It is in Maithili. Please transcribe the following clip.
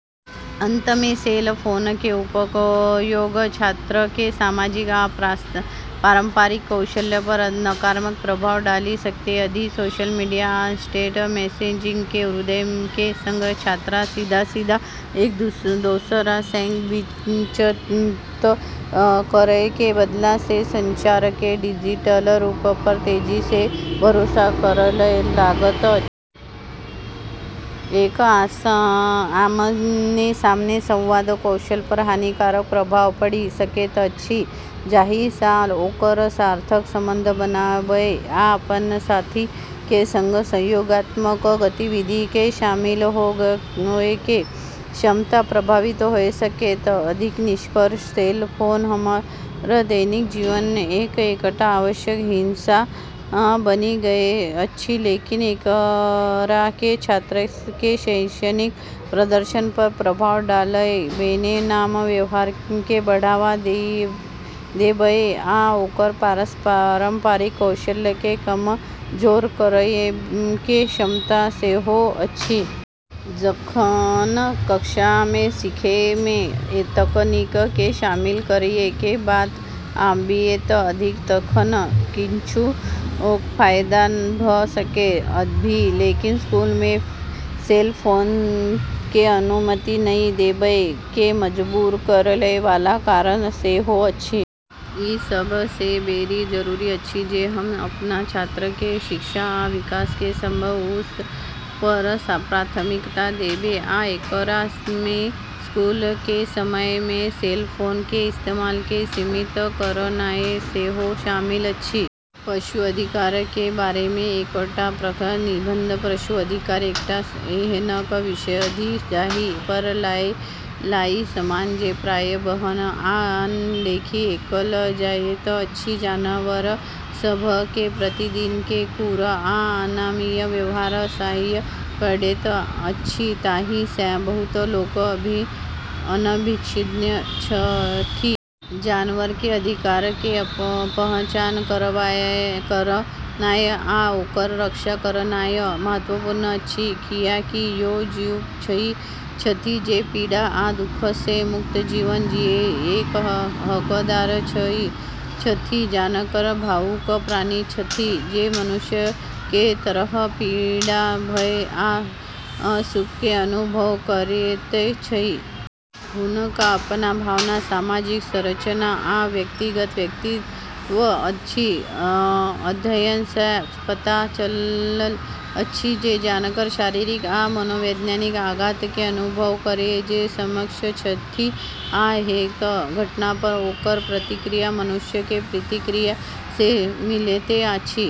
अंत मे, सेल फोन के उपयोग छात्र के सामाजिक आ पारस्परिक कौशल पर नकारात्मक प्रभाव डालि सकैत अछि। सोशल मीडिया आ इंस्टेंट मैसेजिंग के उदय के संग छात्र सीधा-सीधा एक-दोसर सँ बातचीत करय के बदला मे संचार के डिजिटल रूप पर तेजी सँ भरोसा करय लागल अछि। एकर आमने-सामने संवाद कौशल पर हानिकारक प्रभाव पड़ि सकैत अछि, जाहि सँ ओकर सार्थक संबंध बनाबय आ अपन साथी के संग सहयोगात्मक गतिविधि मे शामिल होय के क्षमता प्रभावित होय सकैत अछि। निष्कर्षतः, सेल फोन हमर दैनिक जीवन के एकटा आवश्यक हिस्सा बनि गेल अछि, लेकिन एकरा मे छात्र के शैक्षणिक प्रदर्शन पर प्रभाव डालय, बेईमान व्यवहार के बढ़ावा देबय, आ ओकर पारस्परिक कौशल के कमजोर करय के क्षमता सेहो अछि। जखन कक्षा मे सीखय मे तकनीक के शामिल करय के बात आबैत अछि तखन किछु फायदा भ सकैत अछि, लेकिन स्कूल मे सेल फोन के अनुमति नहि देबय के मजबूर करय वाला कारण सेहो अछि। ई सभ सँ बेसी जरूरी अछि जे हम अपन छात्र के शिक्षा आ विकास के सभ सँ ऊपर प्राथमिकता देब, आ एकरा मे स्कूल के समय मे सेल फोन के इस्तेमाल के सीमित करनाय सेहो शामिल अछि। पशु अधिकार के बारे मे एकटा प्रेरक निबंध: पशु अधिकार एकटा एहन विषय अछि जाहि पर आइ समाज मे प्रायः बहस आ अनदेखी कएल जाएत अछि। जानवर सभ के प्रतिदिन जे क्रूर आ अमानवीय व्यवहार सहय पड़ैत अछि ताहि सँ बहुत लोक अनभिज्ञ छथि। जानवर के अधिकार के पहचान करनाय आ ओकर रक्षा करनाय महत्वपूर्ण अछि, कियाकि ओ जीव छथि जे पीड़ा आ दुख सँ मुक्त जीवन जियय के हकदार छथि। जानवर भावुक प्राणी छथि जे मनुष्य के तरह पीड़ा, भय आ सुख के अनुभव करैत छथि। हुनका अपन भावना, सामाजिक संरचना, आ व्यक्तिगत व्यक्तित्व अछि। अध्ययन सँ पता चलल अछि जे जानवर शारीरिक आ मनोवैज्ञानिक आघात के अनुभव करय मे सक्षम छथि, आ एहन घटना पर ओकर प्रतिक्रिया मनुष्य के प्रतिक्रिया सँ मिलैत अछि।